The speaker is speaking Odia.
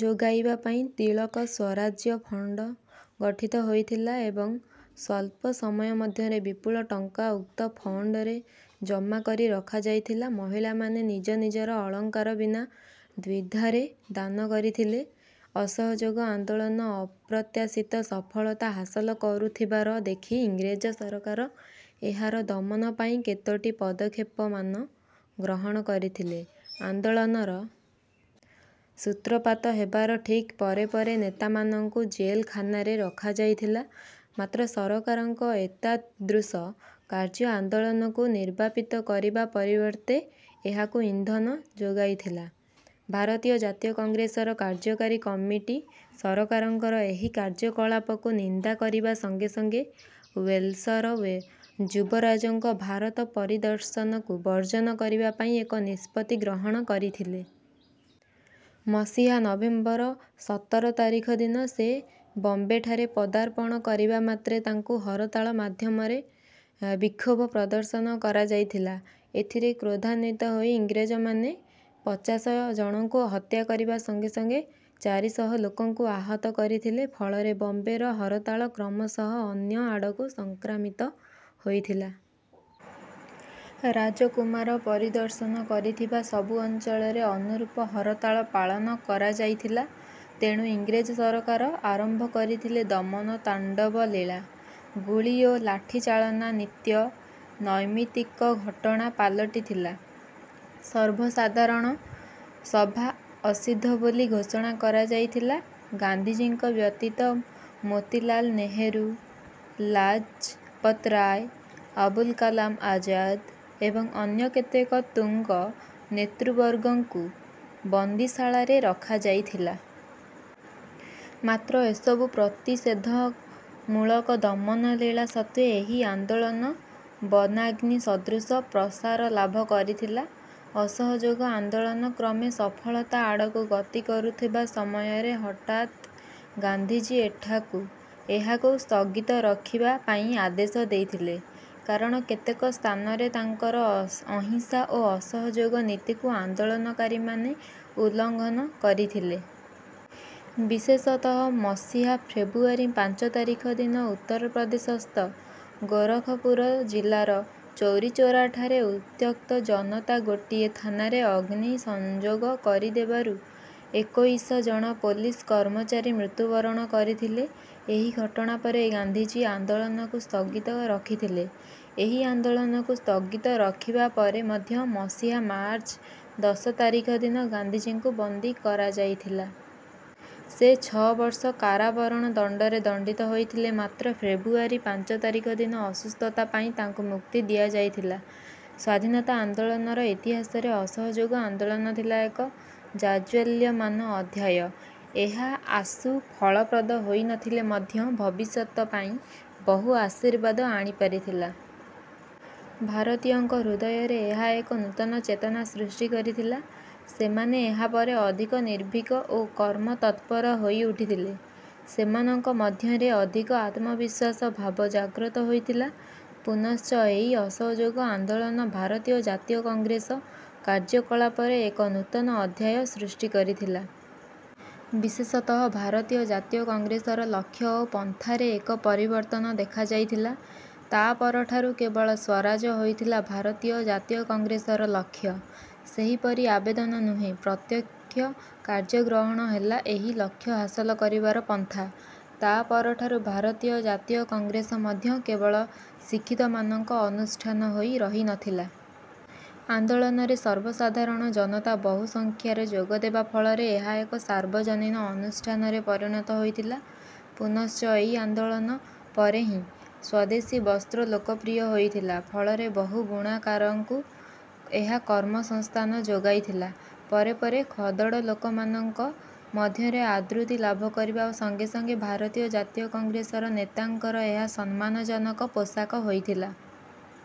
ଯୋଗାଇବା ପାଇଁ "ତିଳକ ସ୍ୱରାଜ୍ୟ ଫଣ୍ଡ" ଗଠିତ ହୋଇଥିଲା ଏବଂ ସ୍ୱଲ୍ପ ସମୟ ମଧ୍ୟରେ ବିପୁଳ ଟଙ୍କା ଉକ୍ତ ଫଣ୍ଡରେ ଜମା କରି ରଖାଯାଇଥିଲା। ମହିଳାମାନେ ନିଜ ନିଜର ଅଳଙ୍କାର ବିନା ଦ୍ୱିଧାରେ ଦାନ କରିଥିଲେ। ଅସହଯୋଗ ଆନ୍ଦୋଳନ ଅପ୍ରତ୍ୟାଶିତ ସଫଳତା ହାସଲ କରୁଥିବାର ଦେଖି ଇଂରେଜ ସରକାର ଏହାର ଦମନ ପାଇଁ କେତୋଟି ପଦକ୍ଷେପମାନ ଗ୍ରହଣ କରିଥିଲେ। ଆନ୍ଦୋଳନର ସୂତ୍ରପାତ ହେବାର ଠିକ୍ ପରେ ପରେ ନେତାମାନଙ୍କୁ ଜେଲଖାନାରେ ରଖାଯାଇଥିଲା। ମାତ୍ର ସରକାରଙ୍କ ଏତାଦୃଶ କାର୍ଯ୍ୟ ଆନ୍ଦୋଳନକୁ ନିର୍ବାପିତ କରିବା ପରିବର୍ତ୍ତେ ଏହାକୁ ଇନ୍ଧନ ଯୋଗାଇଥିଲା। ଭାରତୀୟ ଜାତୀୟ କଂଗ୍ରେସର କାର୍ଯ୍ୟକାରୀ କମିଟି ସରକାରଙ୍କର ଏହି କାର୍ଯ୍ୟକଳାପକୁ ନିନ୍ଦା କରିବା ସଙ୍ଗେ ସଙ୍ଗେ ୱେଲସର ଯୁବରାଜଙ୍କ ଭାରତ ପରିଦର୍ଶନକୁ ବର୍ଜନ କରିବା ପାଇଁ ଏକ ନିଷ୍ପତ୍ତି ଗ୍ରହଣ କରିଥିଲେ। ମସିହା ନଭେମ୍ବର ସତର ତାରିଖ ଦିନ ସେ ବମ୍ବେଠାରେ ପଦାର୍ପଣ କରିବା ମାତ୍ରେ ତାଙ୍କୁ ହରତାଳ ମାଧ୍ୟମରେ ବିକ୍ଷୋଭ ପ୍ରଦର୍ଶନ କରାଯାଇଥିଲା। ଏଥିରେ କ୍ରୋଧାନ୍ୱିତ ହୋଇ ଇଂରେଜମାନେ ପଚାଶ ଜଣଙ୍କୁ ହତ୍ୟା କରିବା ସଙ୍ଗେ ସଙ୍ଗେ ଚାରିଶହ ଲୋକଙ୍କୁ ଆହାତ କରିଥିଲେ। ଫଳରେ ବମ୍ବେର ହରତାଳ କ୍ରମଶଃ ଅନ୍ୟ ଆଡ଼କୁ ସଂକ୍ରାମିତ ହୋଇଥିଲା। ରାଜକୁମାର ପରିଦର୍ଶନ କରିଥିବା ସବୁ ଅଞ୍ଚଳରେ ଅନୁରୂପ ହରତାଳ ପାଳନ କରାଯାଇଥିଲା। ତେଣୁ ଇଂରେଜ ସରକାର ଆରମ୍ଭ କରିଥିଲେ ଦମନ ତାଣ୍ଡବଲୀଳା। ଗୁଳି ଓ ଲାଠି ଚାଳନା ନିତ୍ୟ ନୈମିତ୍ତିକ ଘଟଣା ପାଲଟିଥିଲା। ସର୍ବସାଧାରଣ ସଭା ଅସିଦ୍ଧ ବୋଲି ଘୋଷଣା କରାଯାଇଥିଲା। ଗାନ୍ଧିଜୀଙ୍କ ବ୍ୟତୀତ ମୋତିଲାଲ୍ ନେହେରୁ, ଲାଜପତ ରାୟ, ଆବୁଲ କାଲାମ ଆଜାଦ ଏବଂ ଅନ୍ୟ କେତେକ ତୁଙ୍ଗ ନେତୃବର୍ଗଙ୍କୁ ବନ୍ଦୀଶାଳାରେ ରଖାଯାଇଥିଲା। ମାତ୍ର ଏସବୁ ପ୍ରତିଷେଧମୂଳକ ଦମନଲୀଳା ସତ୍ତ୍ୱେ ଏହି ଆନ୍ଦୋଳନ ବନାଗ୍ନି ସଦୃଶ ପ୍ରସାରଲାଭ କରିଥିଲା। ଅସହଯୋଗ ଆନ୍ଦୋଳନ କ୍ରମେ ସଫଳତା ଆଡ଼କୁ ଗତି କରୁଥିବା ସମୟରେ ହଠାତ୍ ଗାନ୍ଧିଜୀ ଏହାକୁ ସ୍ଥଗିତ ରଖିବା ପାଇଁ ଆଦେଶ ଦେଇଥିଲେ; କାରଣ କେତେକ ସ୍ଥାନରେ ତାଙ୍କର ଅହିଂସା ଓ ଅସହଯୋଗ ନୀତିକୁ ଆନ୍ଦୋଳନକାରୀମାନେ ଉଲ୍ଲଂଘନ କରିଥିଲେ। ବିଶେଷତଃ ମସିହା ଫେବୃୟାରୀ ପାଞ୍ଚ ତାରିଖ ଦିନ ଉତ୍ତର-ପ୍ରଦେଶସ୍ଥ ଗୋରଖପୁର ଜିଲ୍ଲାର ଚୌରିଚୌରାଠାରେ ଉତ୍ତ୍ୟକ୍ତ ଜନତା ଗୋଟିଏ ଥାନାରେ ଅଗ୍ନି ସଂଯୋଗ କରିଦେବାରୁ ଏକୋଇଶ ଜଣ ପୋଲିସ କର୍ମଚାରୀ ମୃତ୍ୟୁବରଣ କରିଥିଲେ। ଏହି ଘଟଣା ପରେ ଗାନ୍ଧିଜୀ ଆନ୍ଦୋଳନକୁ ସ୍ଥଗିତ ରଖିଥିଲେ। ଏହି ଆନ୍ଦୋଳନକୁ ସ୍ଥଗିତ ରଖିବା ପରେ ମଧ୍ୟ ମସିହା ମାର୍ଚ୍ଚ ଦଶ ତାରିଖ ଦିନ ଗାନ୍ଧିଜୀଙ୍କୁ ବନ୍ଦୀ କରାଯାଇଥିଲା। ସେ ଛଅ ବର୍ଷ କାରାବରଣ ଦଣ୍ଡରେ ଦଣ୍ଡିତ ହୋଇଥିଲେ। ମାତ୍ର ଫେବୃୟାରୀ ପାଞ୍ଚ ତାରିଖ ଦିନ ଅସୁସ୍ଥତା ପାଇଁ ତାଙ୍କୁ ମୁକ୍ତି ଦିଆଯାଇଥିଲା। ସ୍ୱାଧୀନତା ଆନ୍ଦୋଳନର ଇତିହାସରେ ଅସହଯୋଗ ଆନ୍ଦୋଳନ ଥିଲା ଏକ ଜାଜ୍ୱଲ୍ୟମାନ ଅଧ୍ୟାୟ। ଏହା ଆଶୁ ଫଳପ୍ରଦ ହୋଇ ନ ଥିଲେ ମଧ୍ୟ ଭବିଷ୍ୟତ ପାଇଁ ବହୁ ଆଶୀର୍ବାଦ ଆଣିପାରିଥିଲା। ଭାରତୀୟଙ୍କ ହୃଦୟରେ ଏହା ଏକ ନୂତନ ଚେତନା ସୃଷ୍ଟି କରିଥିଲା। ସେମାନେ ଏହାପରେ ଅଧିକ ନିର୍ଭୀକ ଓ କର୍ମତତ୍ପର ହୋଇଉଠିଥିଲେ। ସେମାନଙ୍କ ମଧ୍ୟରେ ଅଧିକ ଆତ୍ମବିଶ୍ୱାସ ଭାବ ଜାଗ୍ରତ ହୋଇଥିଲା। ପୁନଶ୍ଚ ଏହି ଅସହଯୋଗ ଆନ୍ଦୋଳନ ଭାରତୀୟ ଜାତୀୟ କଂଗ୍ରେସ କାର୍ଯ୍ୟକଳାପରେ ଏକ ନୂତନ ଅଧ୍ୟାୟ ସୃଷ୍ଟି କରିଥିଲା। ବିଶେଷତଃ ଭାରତୀୟ ଜାତୀୟ କଂଗ୍ରେସର ଲକ୍ଷ୍ୟ ଓ ପନ୍ଥାରେ ଏକ ପରିବର୍ତ୍ତନ ଦେଖାଯାଇଥିଲା। ତା' ପରଠାରୁ କେବଳ ସ୍ୱରାଜ ହୋଇଥିଲା ଭାରତୀୟ ଜାତୀୟ କଂଗ୍ରେସର ଲକ୍ଷ୍ୟ। ସେହିପରି ଆବେଦନ ନୁହେଁ, ପ୍ରତ୍ୟକ୍ଷ କାର୍ଯ୍ୟ ଗ୍ରହଣ ହେଲା ଏହି ଲକ୍ଷ୍ୟ ହାସଲ କରିବାର ପନ୍ଥା। ତା' ପରଠାରୁ ଭାରତୀୟ ଜାତୀୟ କଂଗ୍ରେସ ମଧ୍ୟ କେବଳ ଶିକ୍ଷିତମାନଙ୍କ ଅନୁଷ୍ଠାନ ହୋଇ ରହି ନ ଥିଲା। ଆନ୍ଦୋଳନରେ ସର୍ବସାଧାରଣ ଜନତା ବହୁସଂଖ୍ୟାରେ ଯୋଗଦେବା ଫଳରେ ଏହା ଏକ ସାର୍ବଜନୀନ ଅନୁଷ୍ଠାନରେ ପରିଣତ ହୋଇଥିଲା। ପୁନଶ୍ଚ ଏହି ଆନ୍ଦୋଳନ ପରେ ହିଁ ସ୍ୱଦେଶୀ ବସ୍ତ୍ର ଲୋକପ୍ରିୟ ହୋଇଥିଲା। ଫଳରେ ବହୁ ବୁଣାକାରଙ୍କୁ ଏହା କର୍ମସଂସ୍ଥାନ ଯୋଗାଇଥିଲା। ପରେ ପରେ ଖଦଡ଼ ଲୋକମାନଙ୍କ ମଧ୍ୟରେ ଆଦୃତି ଲାଭ କରିବା ସଙ୍ଗେ ସଙ୍ଗେ ଭାରତୀୟ ଜାତୀୟ କଂଗ୍ରେସ ନେତାଙ୍କର ଏହା ସମ୍ମାନଜନକ ପୋଷାକ ହୋଇଥିଲା।